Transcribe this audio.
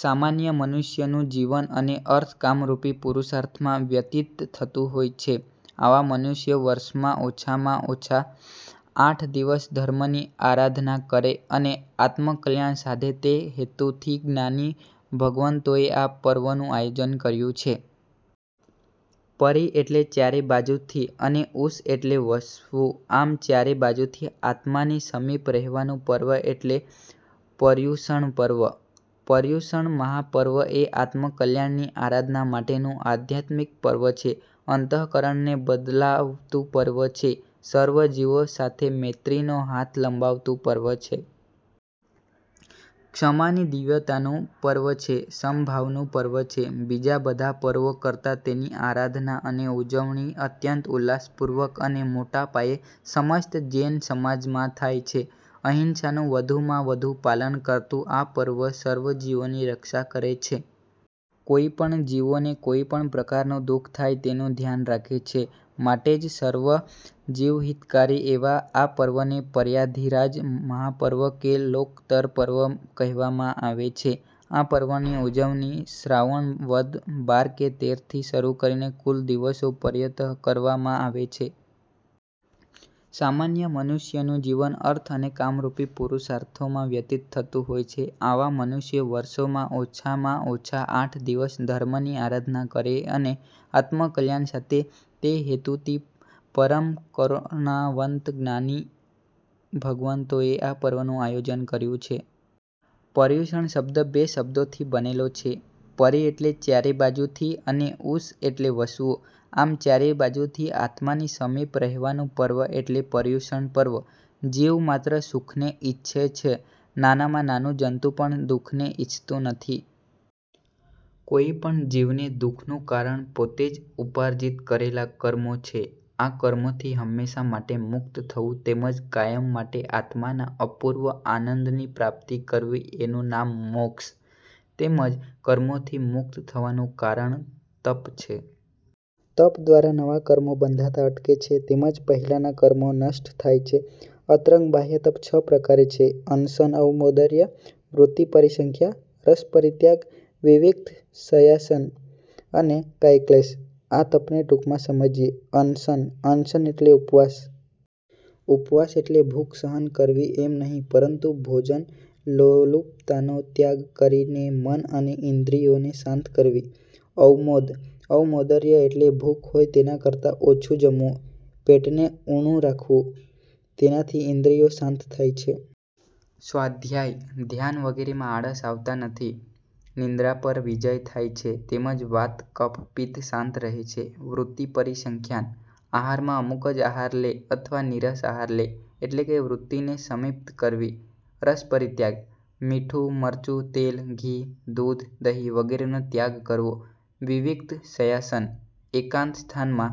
સામાન્ય મનુષ્યનું જીવન અને અર્થ કામરૂપી પુરુષાર્થમાં વ્યતીત થતું હોય છે. આવા મનુષ્યો વર્ષમાં ઓછામાં ઓછા આઠ દિવસ ધર્મની આરાધના કરે અને આત્મકલ્યાણ સાધે તે હેતુથી જ્ઞાની ભગવંતોએ આ પર્વનું આયોજન કર્યું છે. 'પરિ' એટલે ચારે બાજુથી અને 'ઉષ' એટલે વસવું આમ ચારે બાજુથી આત્માની સમીપ રહેવાનું પર્વ એટલે પર્યુષણ પર્વ. પર્યુષણ મહાપર્વ એ આત્મકલ્યાણની આરાધના માટેનું આધ્યાત્મિક પર્વ છે. અંત:કરણને બદલાવતું પર્વ છે. સર્વ જીવો સાથે મૈત્રીનો હાથ લંબાવતું પર્વ છે. ક્ષમાની દિવ્યતાનું પર્વ છે. સમભાવનું પર્વ છે. બીજાં બધાં પર્વો કરતાં તેની આરાધના અને ઉજવણી અત્યંત ઉલ્લાસપૂર્વક અને મોટા પાયે સમસ્ત જૈન સમાજમાં થાય છે. અહિંસાનું વધુમાં વધુ પાલન કરતું આ પર્વ સર્વ જીવોની રક્ષા કરે છે. કોઇ પણ જીવોને કોઇ પણ પ્રકારનું દુ:ખ થાય તેનું ધ્યાન રાખે છે માટે જ સર્વજીવહિતકારી એવા આ પર્વને પર્વાધિરાજ મહાપર્વ કે લોકત્તર પર્વ કહેવામાં આવે છે. આ પર્વની ઉજવણી શ્રાવણ વદ બાર કે તેર થી શરૂ કરીને કુલ દિવસો પર્યંત કરવામાં આવે છે. સામાન્ય મનુષ્યનું જીવન અર્થ અને કામરૂપી પુરુષાર્થમાં વ્યતીત થતું હોય છે. આવા મનુષ્યો વર્ષમાં ઓછામાં ઓછ આઠ દિવસ ધર્મની આરાધના કરે અને આત્મકલ્યાણ સાથે તે હેતુતી પરમ કરુણાવંત જ્ઞાની ભગવંતોએ આ પર્વનું આયોજન કર્યું છે. પર્યુષણ શબ્દ બે શબ્દોથી બનેલો છે. પરિ એટલે ચારે બાજુથી અને ઉષ એટલે વસવું. આમ ચારે બાજુથી આત્માની સમીપ રહેવાનું પર્વ એટલે પર્યુષણ પર્વ. જીવ માત્ર સુખને ઇચ્છે છે, નાનામાં નાનું જંતુ પણ દુ:ખને ઇચ્છતું નથી. કોઇ પણ જીવને દુ:ખનું કારણ પોતે જ ઉપાર્જિત કરેલાં કર્મો છે. આ કર્મોથી હંમેશ માટે મુક્ત થવું તેમજ કાયમ માટે આત્માના અપૂર્વ આનંદની પ્રાપ્તિ કરવી એનું નામ મોક્ષ. તેમજ કર્મોથી મુક્ત થવાનું કારણ તપ છે. તપ દ્વારા નવાં કર્મો બંધાતાં અટકે છે. તેમજ પહેલાંનાં કર્મો નષ્ટ થાય છે. અંતરંગ બાહ્યતપ છ પ્રકારે છે. અનશન અવમૌદર્ય, વૃત્તિપરિસંખ્યા, રસપરિત્યાગ, વિવિક્ત શય્યાસન અને કાયક્લેશ. આ તપને ટૂંકમાં સમજીએ. અનશન: અનશન એટલે ઉપવાસ. ઉપવાસ એટલે ભૂખ સહન કરવી એમ નહીં પરંતુ ભોજન લોલુપતાનો ત્યાગ કરીને મન અને ઇન્દ્રિઓને શાંત કરવી. અવમૌદઃ અવમૌદર્ય એટલે ભૂખ હોય તેના કરતાં ઓછું જમવું, પેટને ઊણું રાખવું. તેનાથી ઇન્દ્રિયો શાંત થાય છે. સ્વાધ્યાય-ધ્યાન વગેરેમાં આળસ આવતાં નથી. નિદ્રા પર વિજય થાય છે તેમજ વાત-કફ-પિત્ત શાંત રહે છે. વૃત્તિ પરિસંખ્યાનઃ આહારમાં અમુક જ આહાર લે અથવા નીરસ આહાર લે. એટલે કે વૃત્તિને સંમિપ્ત કરવી. રસપરિત્યાગઃ મીઠું, મરચું, તેલ, ઘી, દૂધ, દહીં વગેરેનો ત્યાગ કરવો. વિવિક્ત શય્યાસન: એકાંત સ્થાનમાં